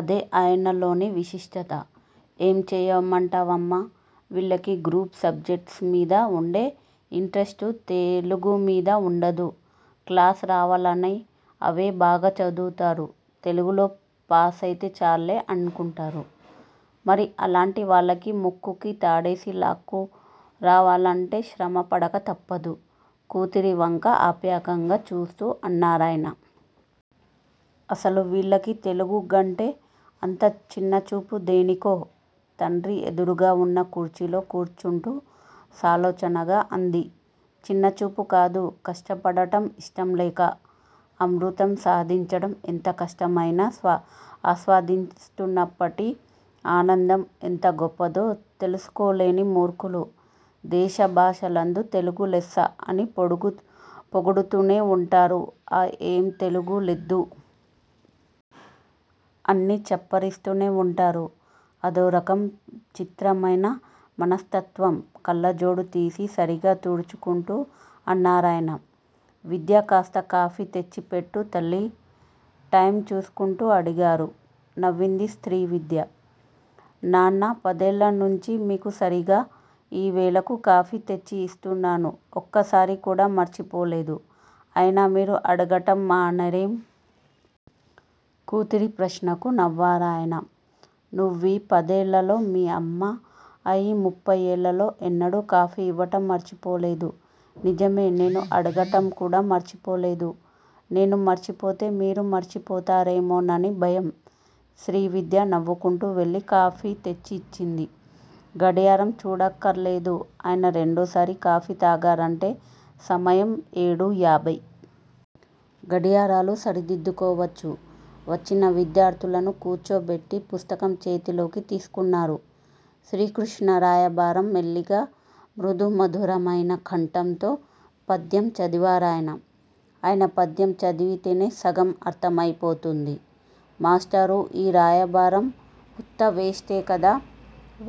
అదే ఆయనలోని విశిష్టత! ఏం చెయ్యమంటావమ్మా. వీళ్ళకి గ్రూప్ సబ్జెక్ట్స్ మీద వుండే యింట్రస్టు తెలుగుమీద వుండదు. క్లాస్ రావాలని అవే బాగా చదువుతారు. తెలుగులో పాసైతే చాల్లే అనుకుంటారు. మరి అలాంటి వాళ్ళకి ముక్కుకి తాడేసి లాక్కురావాలంటే శ్రమ పడక తప్పదు కూతురివంక ఆప్యాయంగా చూస్తూ అన్నారాయన. అసలు వీళ్ళకి తెలుగంటే అంత చిన్నచూపు దేనికో తండ్రి ఎదురుగావున్న కుర్చీలో కూర్చుంటూ సాలోచనగా అంది. చిన్నచూపు కాదు. కష్టపడటం యిష్టంలేక. అమృతం సాధించడం ఎంతకష్టమైనా ఆస్వాదిస్తున్నప్పటి ఆనందం ఎంత గొప్పదో తెలుసుకోలేని మూర్ఖులు. దేశ భాషలందు తెలుగు లెస్స అని పొగుడుతూనే వుంటారు. ఆ ఏం తెలుగు లెద్దూ! అన్ని చప్పరిస్తూనే వుంటారు. అదోరకం చిత్రమైన మనస్తత్వం కళ్ళజోడుతీసి సరిగా తుడుచుకుంటూ అన్నారాయన. విద్యా కాస్త కాఫీ తెచ్చిపెట్టు తల్లీ! టైమ్ చూసుకుంటూ అడిగారు. నవ్వింది శ్రీవిద్య. నాన్నా! పదేళ్ళనుంచి మీకు సరీగా యీవేళకు కాఫీ తెచ్చి యిస్తున్నాను. ఒక్కసారికూడా మర్చిపోలేదు. అయినా మీరు అడగటం మానరేం? కూతురి ప్రశ్నకు నవ్వారాయన. నువ్వీ పదేళ్ళలో మీ అమ్మ యీ ముప్పయ్యేళ్ళల్లో ఎన్నడూ కాఫీ ఇవ్వటం మర్చిపోలేదు. నిజమే నేను అడగటం కూడా మర్చిపోలేదు. నేను మరిచిపోతే మీరూ మరిచిపోతారేమోనని భయం. శ్రీవిద్య నవ్వుకుంటూ వెళ్ళి కాఫీ తెచ్చి యిచ్చింది. గడియారం చూడక్కర్లేదు. ఆయన రెండోసారి కాఫీ తాగారంటే సమయం ఏడూ యాభై. గడియారాలు సరిదిద్దుకోవచ్చు. వచ్చిన విద్యార్ధులని కూచోబెట్టి పుస్తకం చేతిలోకి తీసుకున్నారు. శ్రీకృష్ణరాయబారం మెల్లిగా మృదుమధురమైన కంఠంతో పద్యం చదివారాయన. ఆయన పద్యం చదివితేనే సగం అర్ధమైపోతుంది. మాస్టారూ! యీ రాయబారం వుత్త వేస్టే కదా!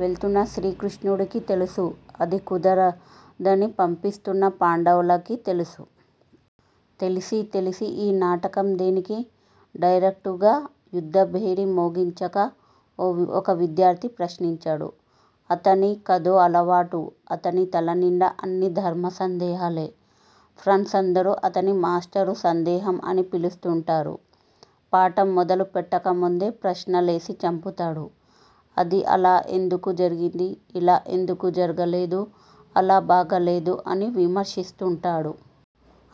వెళుతున్న శ్రీకృష్ణుడికీ తెలుసు అది కుదరదని పంపిస్తున్న పాండవులకీ తెలుసు. తెలిసి తెలిసీ యీ నాటకం దేనికి? డైరక్టుగా యుద్ధభేరీ మోగించక? ఒక విద్యార్ధి ప్రశ్నించాడు. అతని కదో అలవాటు. అతని తలనిండా అన్నీ ధర్మసందేహాలే. ఫ్రండ్సందరూ అతన్ని మాస్టర్ సందేహం అని పిలుస్తుంటారు. పాఠం మొదలుపెట్టకముందే ప్రశ్నలేసి చంపుతాడు. 'అది అలా ఎందుకు జరిగింది? ఇలా ఎందుకు జరగలేదు; అలా బాగాలేదు' అని విమర్శిస్తుంటాడు.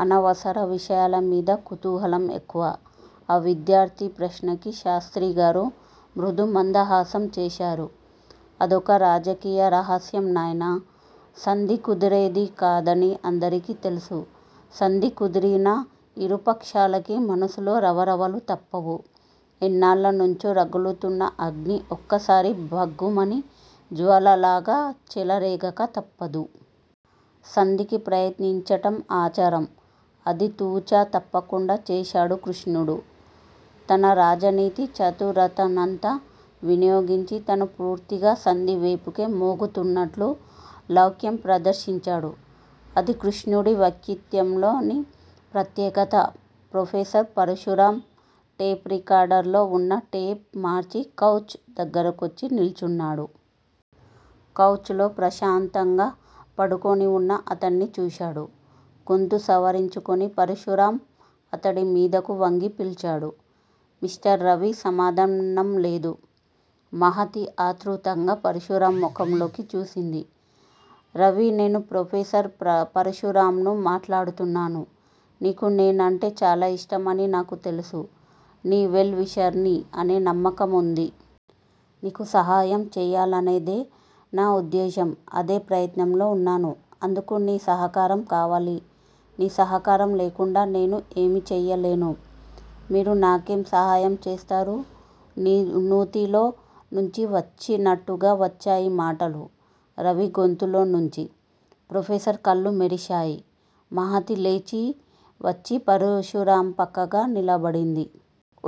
అనవసర విషయాలమీద కుతూహలం ఎక్కువ. ఆ విద్యార్ధి ప్రశ్నకి శాస్త్రిగారు మృదుమందహాసం చేశారు. అదొక రాజకీయ రహస్యం నాయనా! సంధి కుదిరేది కాదని అందరికీ తెలుసు. సంధి కుదిరినా యిరుపక్షాలకీ మనసులో రవరవలు తప్పవు. ఎన్నాళ్ళనుంచో రగులుతున్న అగ్ని ఒక్కసారి భగ్గుమని జ్వాలలాగా చెలరేగక తప్పదు. సంధికి ప్రయత్నించటం ఆచారం. అది తు. చ. తప్పకుండా చేశాడు కృష్ణుడు. తన రాజనీతి చతురతనంతా వినియోగించి తను పూర్తిగా సంధివేపుకే మొగ్గుతున్నట్లు లౌక్యం ప్రదర్శించాడు. అది శ్రీకృష్ణుడి వ్యక్తిత్వంలోని ప్రత్యేకత ప్రొఫెసర్ పరశురాం, టేప్ రికార్డర్ లో వున్న టేప్ మార్చి కౌచ్ దగ్గరకొచ్చి నిల్చున్నాడు. కౌచ్ లో ప్రశాంతంగా పడుకొని వున్న అతన్ని చూశాడు. గొంతుసవరించుకొని పరశురాం అతడిమీదకు వంగి పిల్చాడు. మిస్టర్ రవి సమాధానం లేదు. మహతి ఆతృతగా పరశురాం ముఖంలోకి చూసింది. రవి నేను ప్రొఫెసర్ పరశురాంను మాట్లాడుతున్నాను. నీకు నేనంటే చాలాఇష్టం అని నాకు తెలుసు. నీ వెల్ విషర్ ని అనే నమ్మకం ఉంది. నీకు సహాయం చెయ్యాలనేదేనా ఉద్దేశ్యం. అదే ప్రయత్నంలో ఉన్నాను. అందుకు నీ సహకారం కావాలి. నీ సహకారం లేకుండా నేను ఏమిచెయ్యలేను. మీరు నాకేం సహాయం చేస్తారూ నూతిలో నుంచివచ్చినట్టుగా వచ్చాయి మాటలు రవి గొంతులో నుంచి. ప్రొఫెసర్ కళ్ళు మెరిశాయి. మహతి లేచివచ్చి పరశురాం పక్కగా నిలబడింది.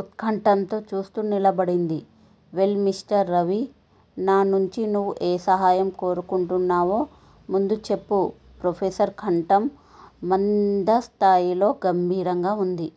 ఉత్కంఠతో చూస్తూ నిలబడింది. Well mister Ravi! నా నుంచి నువు ఏ సహాయం కోరుకుంటున్నావో ముందుచెప్పు ప్రొఫెసర్ కంఠం మంద్రస్థాయిలో గంభీరంగా వుంది.